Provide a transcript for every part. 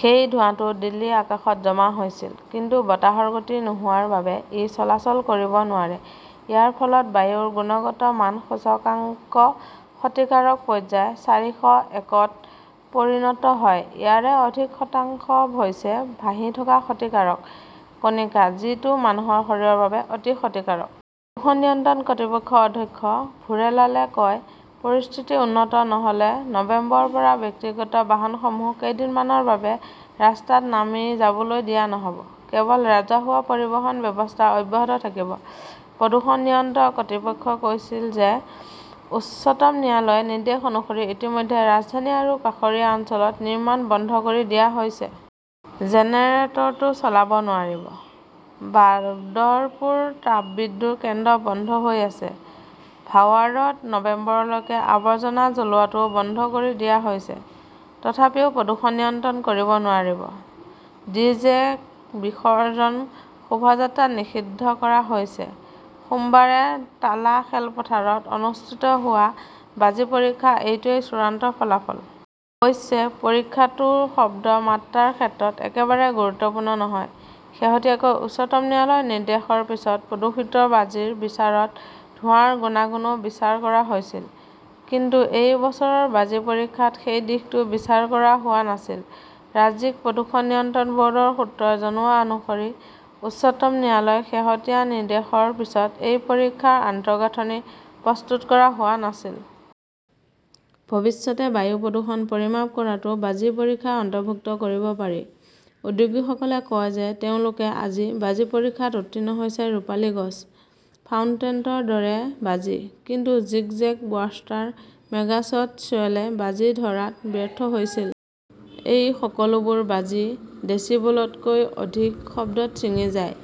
সেই ধোঁৱাটো দিল্লীৰ আকাশত জমা হৈছিল। কিন্তু বতাহৰ গতি নোহোৱাৰ বাবে ই চলাচল কৰিব নোৱাৰে। ইয়াৰ ফলত বায়ুৰ গুণগত মান সূচকাংক ক্ষতিকাৰক পৰ্যায় চাৰিশ একত উপনীত হয়। ইয়াৰে অধিক শতাংশ হৈছে ভাহি থকা ক্ষতিকাৰক কণিকা, যিটো মানুহৰ শৰীৰৰ বাবে অতি ক্ষতিকাৰক। প্ৰদূষণ নিয়ন্ত্ৰণ কৰ্তৃপক্ষৰ অধ্যক্ষ ভুৰেলালে কয়, "পৰিস্থিতি উন্নত নহ'লে নৱেম্বৰৰ পৰা ব্যক্তিগত বাহনসমূহক কেইদিনমানৰ বাবে ৰাস্তাত নামি যাবলৈ দিয়া নহব। কেৱল ৰাজহুৱা পৰিবহণ ব্যৱস্থা অব্যাহত থাকিব"। প্ৰদূষণ নিয়ন্ত্ৰণ কৰ্তৃপক্ষই কৈছিল যে, উচ্চতম ন্যায়ালয়ৰ নিৰ্দেশ অনুসৰি ইতিমধ্যে ৰাজধানী আৰু কাষৰীয়া অঞ্চলত নিৰ্মাণ বন্ধ কৰি দিয়া হৈছে। জেনেৰেটৰটো চলাব নোৱাৰি। বাদৰপুৰ তাপবিদ্যুৎ কেন্দ্ৰ বন্ধ হৈ আছে। ভাৱাৰ্ডত নৱেম্বৰলৈকে আৱৰ্জনা জ্বলোৱাটোও বন্ধ কৰি দিয়া হৈছে। তথাপিও প্ৰদূষণ নিয়ন্ত্ৰণ কৰিব নোৱাৰিব। ডি. জে. ক বিসৰ্জন শোভাযাত্ৰাত নিষিদ্ধ কৰা হৈছে। সোমবাৰে টালা খেলপথাৰত অনুষ্ঠিত হোৱা বাজি পৰীক্ষাৰ এইটোৱেই চূড়ান্ত ফলাফল । অৱশ্যে, পৰীক্ষাটো শব্দৰ মাত্ৰাৰ ক্ষেত্ৰত একেবাৰে গুৰুত্বপূৰ্ণ নহয়। শেহতীয়াকৈ উচ্চতম ন্যায়ালয়ৰ নিৰ্দেশৰ পিছত প্ৰদূষিত বাজিৰ বিচাৰত ধোঁৱাৰ গুণাগুণো বিচাৰ কৰা হৈছিল। কিন্তু এই বছৰৰ বাজি পৰীক্ষাত সেই দিশটো বিচাৰ কৰা হোৱা নাছিল। ৰাজ্যিক প্ৰদূষণ নিয়ন্ত্ৰণ বৰ্ডৰ সূত্ৰই জনোৱা অনুসৰি, উচ্চতম ন্যায়ালয়ৰ শেহতীয়া নিৰ্দেশৰ পিছত এই পৰীক্ষাৰ আন্তঃগাঁথনি প্ৰস্তুত কৰা হোৱা নাছিল। ভৱিষ্যতে বায়ু প্ৰদূষণ পৰিমাপ কৰাটোও বাজি পৰীক্ষাত অন্তৰ্ভুক্ত কৰিব পাৰি। উদ্যোগীসকলে কয় যে, তেওঁলোকে আজি বাজি পৰীক্ষাত উত্তীৰ্ণ হৈছে 'ৰূপালী গছ', "ফাউণ্টেন"ৰ দৰে বাজি। কিন্তু zigzag, buster, mega shot শ্বেলে বাজি ধৰাত ব্যৰ্থ হৈছিল। এই সকলোবোৰ বাজি ডেচিবলতকৈ অধিক শব্দত ছিঙি যায়।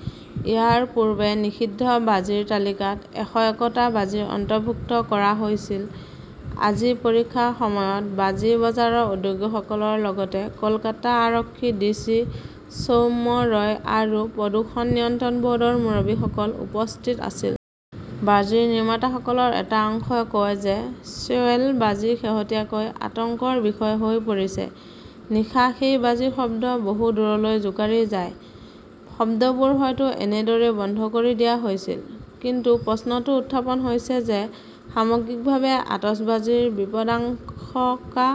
ইয়াৰ পূৰ্বে নিষিদ্ধ বাজিৰ তালিকাত এশএকটা বাজি অন্তৰ্ভুক্ত কৰা হৈছিল। আজি পৰীক্ষাৰ সময়ত বাজি বজাৰৰ উদ্যোগীসকলৰ লগতে কলকাতা আৰক্ষীৰ ডিচি সৌম্যা ৰয় আৰু প্ৰদূষণ নিয়ন্ত্ৰণ বৰ্ডৰ মুৰব্বীসকল উপস্থিত আছিল। বাজি নিৰ্মাতাসকলৰ এটা অংশই কয় যে, "শ্বেল" বাজি শেহতীয়াকৈ আতংকৰ বিষয় হৈ পৰিছে। নিশা সেই বাজিৰ শব্দ বহু দূৰলৈ জোকাৰি যায়। শব্দবোৰ হয়তো এনেদৰেই বন্ধ কৰি দিয়া হৈছিল। কিন্তু প্ৰশ্নটো উত্থাপন হৈছে যে, সামগ্ৰিকভাৱে আতচবাজীৰ বিপদাশংকা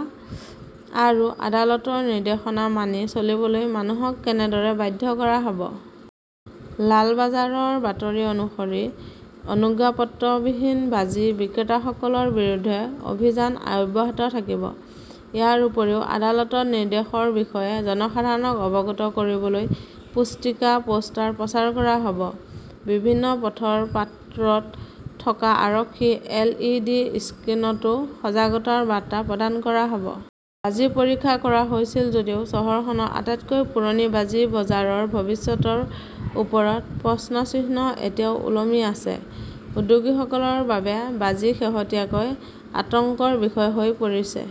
আৰু আদালতৰ নিৰ্দেশনা মানি চলিবলৈ মানুহক কেনেদৰে বাধ্য কৰা হব? লালবাজাৰৰ বাতৰি অনুসৰি, অনুজ্ঞাপত্ৰবিহীন বাজি বিক্ৰেতাসকলৰ বিৰুদ্ধে অভিযান অব্যাহত থাকিব। ইয়াৰ উপৰিও, আদালতৰ নিৰ্দেশৰ বিষয়ে জনসাধাৰণক অৱগত কৰিবলৈ পুস্তিকা, পোষ্টাৰ প্ৰচাৰ কৰা হব। বিভিন্ন পথৰ পাত্ৰত থকা আৰক্ষীৰ এল. ই. ডি. স্ক্ৰীণতো সজাগতাৰ বাৰ্তা প্ৰদান কৰা হব। বাজি পৰীক্ষা কৰা হৈছিল যদিও, চহৰখনৰ আটাইতকৈ পুৰণি বাজি বজাৰৰ ভৱিষ্যতৰ ওপৰত প্ৰশ্নচিহ্ন এতিয়াও ওলমি আছে। উদ্যোগীসকলৰ বাবে বাজি শেহতীয়াকৈ আতংকৰ বিষয় হৈ পৰিছে।